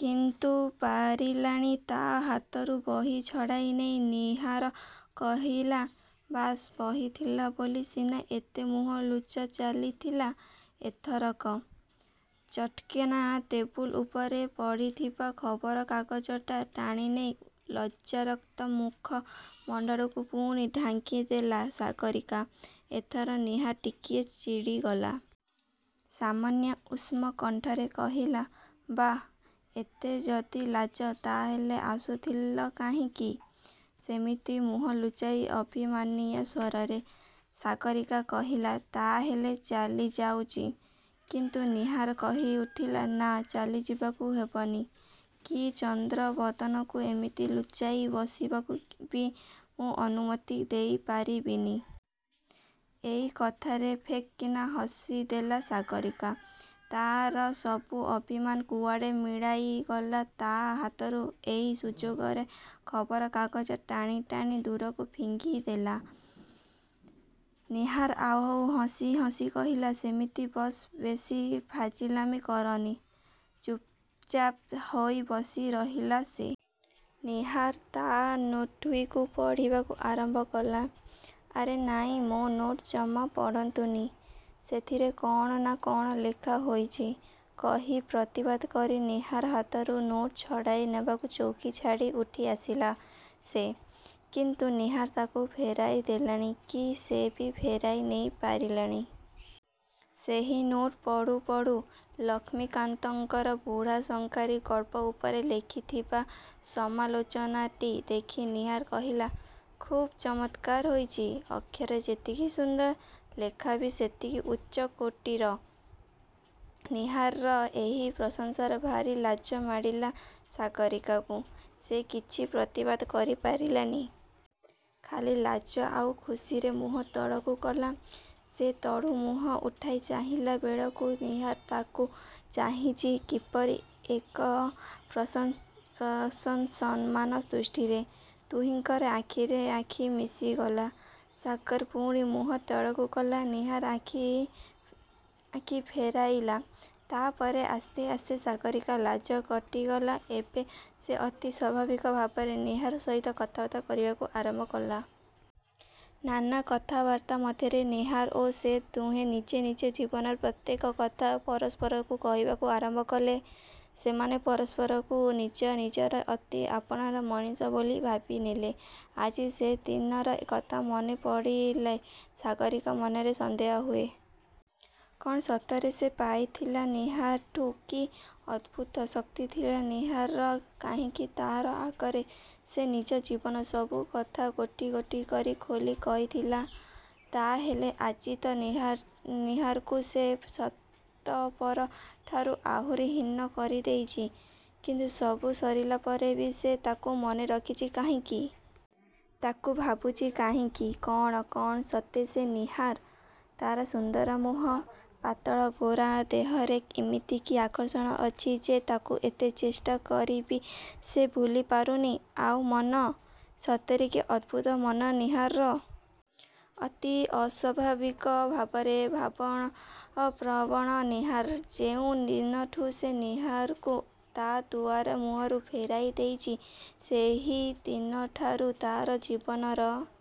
କିନ୍ତୁ ପାରିଲାନି। ତା' ହାତରୁ ବହି ଛଡ଼ାଇ ନେଇ ନୀହାର କହିଲା ''ବାସ୍–ବହି ଥିଲା ବୋଲି ସିନା ଏତେ ମୁହଁ ଲୁଚା ଚାଲିଥିଲା, ଏଥରକ-? '' ଚଟ୍କିନା ଟେବୁଲ୍ ଉପରେ ପଡ଼ିଥିବା ଖବରକାଗଜଟା ଟାଣିନେଇ ଳଜ୍ଜାରକ୍ତ ମୁଖ-ମଣ୍ଡଳକୁ ପୁଣି ଢାଙ୍କିଦେଲା ସାଗରୀକା। ଏଥର ନୀହାର ଟିକିଏ ଚିଡ଼ିଗଲା। ସାମାନ୍ୟ ଉଷ୍ମ କଣ୍ଠରେ କହିଲା–''ବାଃ–ଏତେ ଯଦି ଲାଜ, ତା'ହେଲେ ଆସୁଥିଲ କାହିଁକି? '' ସେମିତି ମୁହଁ ଲୁଚାଇ ଅଭିମାନିଆଁ ସ୍ୱରରେ ସାଗରୀକା କହିଲା–''ତା'ହେଲେ ଚାଲି ଯାଉଛି। '' କିନ୍ତୁ ନୀହାର କହି ଉଠିଲା–''ନା–ଚାଲିଯିବାକୁ ହେବନି। କି ଚନ୍ଦ୍ରବଦନକୁ ଏମିତି ଲୁଚାଇ ବସିବାବୁ ବି ମୁଁ ଅନୁମତି ଦେଇପାରିବିନି। '' ଏଇ କଥାରେ ଫେଁକନା ହସିଦେଲା ସାଗରୀକା। ତା'ର ସବୁ ଅଭିମାନ କୁଆଡ଼େ ମିଳାଇ ଗଲା। ତା' ହାତରୁ ଏଇ ସୁଯୋଗରେ ଖବରକାଗଜଟା ଟାଣିଟାଣି ଦୂରକୁ ଫିଙ୍ଗିଦେଲା ନୀହାର; ଆଉ ହସି ହସି କହିଲା–''ସେମିତି ବସ ବେଶୀ ଫାଜିଲାମି କରନି-। '' ଚୁପ୍ଚାପ୍ ହୋଇ ବସି ରହିଲା ସେ। ନୀହାର ତା' ନୋଟ୍ବହିକୁ ପଢ଼ିବାକୁ ଆରମ୍ଭ କଲା। ''ଆରେ ନାଇଁ–ମୋ ନୋଟ୍ ଜମା ପଢ଼ନ୍ତୁନି–ସେଥିରେ କ'ଣ ନା କ'ଣ ଲେଖା ହୋଇଛି'' କହି ପ୍ରତିବାଦ କରି, ନୀହାର ହାତରୁ ନୋଟ୍ ଛଡ଼ାଇ ନେବାକୁ ଚୌକି ଛାଡ଼ି ଉଠିଆସିଲା ସେ। କିନ୍ତୁ ନୀହାର ତାକୁ ଫେରାଇ ଦେଲାନି, କି ସେ ବି ଫେରାଇ ନେଇ ପାରିଲାନି। ସେହି ନୋଟ୍ ପଢ଼ୁ ପଢ଼ୁ; ଲକ୍ଷ୍ମୀକାନ୍ତଙ୍କର 'ବୁଢ଼ା ଶଙ୍ଖାରି' ଗଳ୍ପ ଉପରେ ଲେଖିଥିବା ସମାଲୋଚନାଟି ଦେଖି ନୀହାର କହିଲା–''ଖୁବ୍ ଚମତ୍କାର ହୋଇଛି–ଅକ୍ଷର ଯେତିକି ସୁନ୍ଦର–ଲେଖା ବି ସେତିକି ଉଚ୍ଚ କୋଟୀର। '' ନୀହାରର ଏହି ପ୍ରଶଂସାରେ ଭାରୀ ଲାଜ ମାଡ଼ିଲା ସାଗରୀକାକୁ। ସେ କିଛି ପ୍ରତିବାଦ କରିପାରିଲାନି। ଖାଲି ଲାଜ ଆଉ ଖୁସିରେ ମୁହଁ ତଳକୁ କଲା। ସେ ତଳୁ ମୁହଁ ଉଠାଇ ଚାହିଁଲା ବେଳକୁ ନୀହାର ତାକୁ ଚାହିଁଛି, କିପରି ଏକ ପ୍ରଶଂସମାନ ଦୃଷ୍ଟିରେ। ଦୁହିଁଙ୍କ ଆଖିରେ ଆଖି ମିଶିଗଲା। ସାଗର ପୁଣି ମୁହଁ ତଳକୁ କଲା–ନୀହାର ଆଖି ଫେରାଇଲା। ତା'ପରେ ଆସ୍ତେ ଆସ୍ତେ ସାଗରୀକାର ଲାଜ କଟିଗଲା ଏବଂ ସେ ଅତି ସ୍ୱାଭାବିକ ଭାବରେ ନୀହାର ସହିତ କଥାବାର୍ତ୍ତା କରିବାକୁ ଆରମ୍ଭ କଲା। ନାନା କଥାବାର୍ତ୍ତା ମଧ୍ୟରେ ନୀହାର ଓ ସେ ଦୁହେଁ ନିଜ ନିଜ ଜୀବନର ପ୍ରତ୍ୟେକ କଥା ପରସ୍ପରକୁ କହିବାକୁ ଆରମ୍ଭ କଲେ। ସେମାନେ ପରସ୍ପରକୁ ନିଜ ନିଜର ଅତି ଆପାଣାର ମଣିଷ ବୋଲି ଭାବିନେଲେ। ଆଜି ସେ ଦିନର କଥା ମନେପଡ଼ିଲେ ସାଗରୀକାର ମନରେ ସନ୍ଦେହ ହୁଏ। କ'ଣ ସତରେ ସେ ପାଇଥିଲା ନୀହାରଠୁଁ। କି ଅଦ୍ଭୁତ ଶକ୍ତି ଥିଲା ନୀହାରର। କାହିଁକି ତା' ଆଗରେ ସେ ନିଜ ଜୀବନର ସବୁ କଥା ଗୋଟି ଗୋଟି କରି ଖୋଲି କହିଥିଲା ତା'ହେଲେ? ଆଜି ତ ନୀହାରକୁ ସେ 'ସାତପର'ଠାରୁ ଆହୁରି ହୀନ କରିଦେଇଛି। କିନ୍ତୁ ସବୁ ସରିଲା ପରେ ବି ସେ ତାକୁ ମନେରଖିଛି କାହିଁକି? ତାକୁ ଭାବୁଛି କାହିଁକି? କ'ଣ? କ'ଣ ସତେ ସେ ନୀହାର। ତା'ର ସୁନ୍ଦର ମୁହଁ, ପାତଳ ଗୋରା ଦେହରେ ଇମିତି କି ଆକର୍ଷଣ ଅଛି ଯେ ତାକୁ ଏତେ ଚେଷ୍ଟା କରି ବି ସେ ଭୁଲିପାରୁନି। ଆଉ ମନ? ସତରେ କି ଅଦ୍ଭୁତ ମନ ନୀହାରର। ଅତି ଅସ୍ୱାଭାବିକ ଭାବରେ ଭାବପ୍ରବଣ ନୀହାର। ଯେଉଁ ଦିନଠୁଁ ସେ ନୀହାରକୁ ତା' ଦୁଆର ମୁହଁରୁ ଫେରାଇ ଦେଇଛି, ସେହି ଦିନଠାରୁ ତା'ର ଜୀବନର